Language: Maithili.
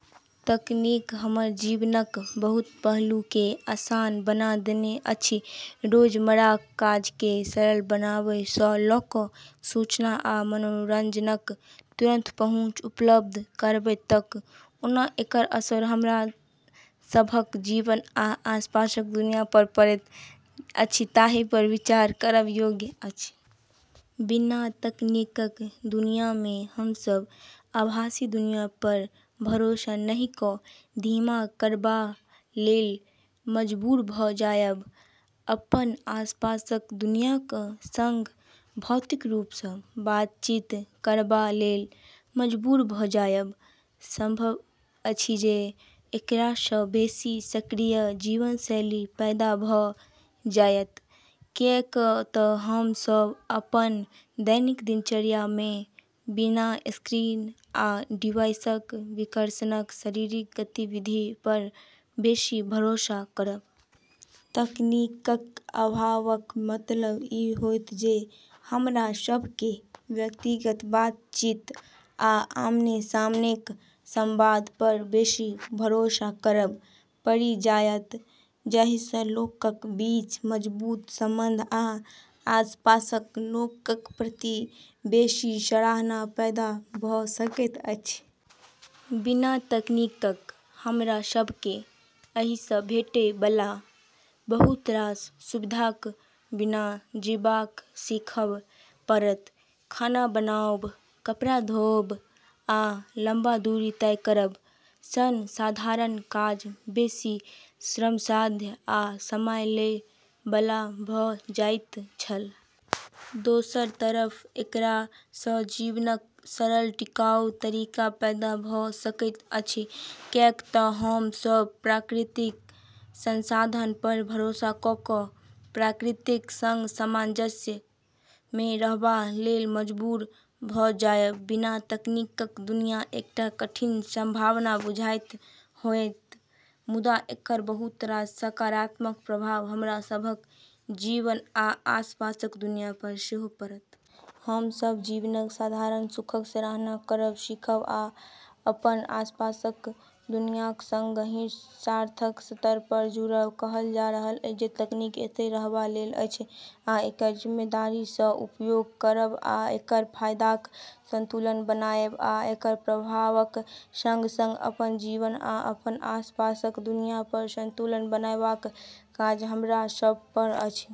तकनीक हमर जीवनक बहुत पहलूकेँ आसान बना देने अछि, रोजमर्राक काजकेँ सरल बनाबै सँ लऽ कऽ सूचना आ मनोरंजनक तुरंत पहुँच उपलब्ध करबै तक। ओना एकर असर हमरा सभक जीवन आ आसपासक दुनिया पर पड़ैत अछि ताहि पर विचार करब योग्य अछि। बिना तकनीकक दुनिया मे हम सभ आभासी दुनिया पर भरोसा नहि कऽ धीमा करबा लेल मजबूर भऽ जायब, अपन आसपासक दुनियाक संग भौतिक रूप सँ बातचीत करबा लेल मजबूर भऽ जायब। संभव अछि जे एकरा सँ बेसी सक्रिय जीवनशैली पैदा भऽ जायत, कैएक तँ हम सभ अपन दैनिक दिनचर्या मे बिना स्क्रीन आ डिवाइसक विकर्षणक शारीरिक गतिविधि पर बेसी भरोसा करब। तकनीकक अभावक मतलब ई होइत जे हमरा सभकेँ व्यक्तिगत बातचीत आ आमने-सामनेक संवाद पर बेसी भरोसा करब पड़ि जायत, जाही सँ लोकक बीच मजबूत संबंध आ आसपासक लोकक प्रति बेसी सराहना पैदा भऽ सकैत अछि। बिना तकनीकक हमरा सभकेँ एहि सँ भेटै बला बहुत रास सुविधाक बिना जीबबाक सीखब पड़त। खाना बनाओब, कपड़ा धोओब, आ लंबा दूरी तय करब सन साधारण काज बेसी श्रमसाध्य आ समय लै बला भऽ जाइत छल। दोसर तरफ एकरा सँ जीवनक सरल, टिकाऊ तरीका पैदा भऽ सकैत अछि, कैएक तँ हम सभ प्राकृतिक संसाधन पर भरोसा कऽ कऽ प्रकृतिक संग सामंजस्य मे रहबा लेल मजबूर भऽ जायब। बिना तकनीकक दुनिया एकटा कठिन संभावना बुझाइत होयत, मुदा एकर बहुत रास सकारात्मक प्रभाव हमरा सभक जीवन आ आसपासक दुनिया पर सेहो पड़त। हम सभ जीवनक साधारण सुखक सराहना करब सीखब आ अपन आसपासक दुनियाक संग गहींर, सार्थक स्तर पर जुड़ब। कहल जा रहल अछि जे तकनीक एतय रहबा लेल अछि, आ एकर जिम्मेदारी सँ उपयोग करब आ एकर फायदाक संतुलन बनाएब आ एकर प्रभावक संग-संग अपन जीवन आ अपन आसपासक दुनिया पर संतुलन बनाएबाक काज हमरा सभ पर अछि।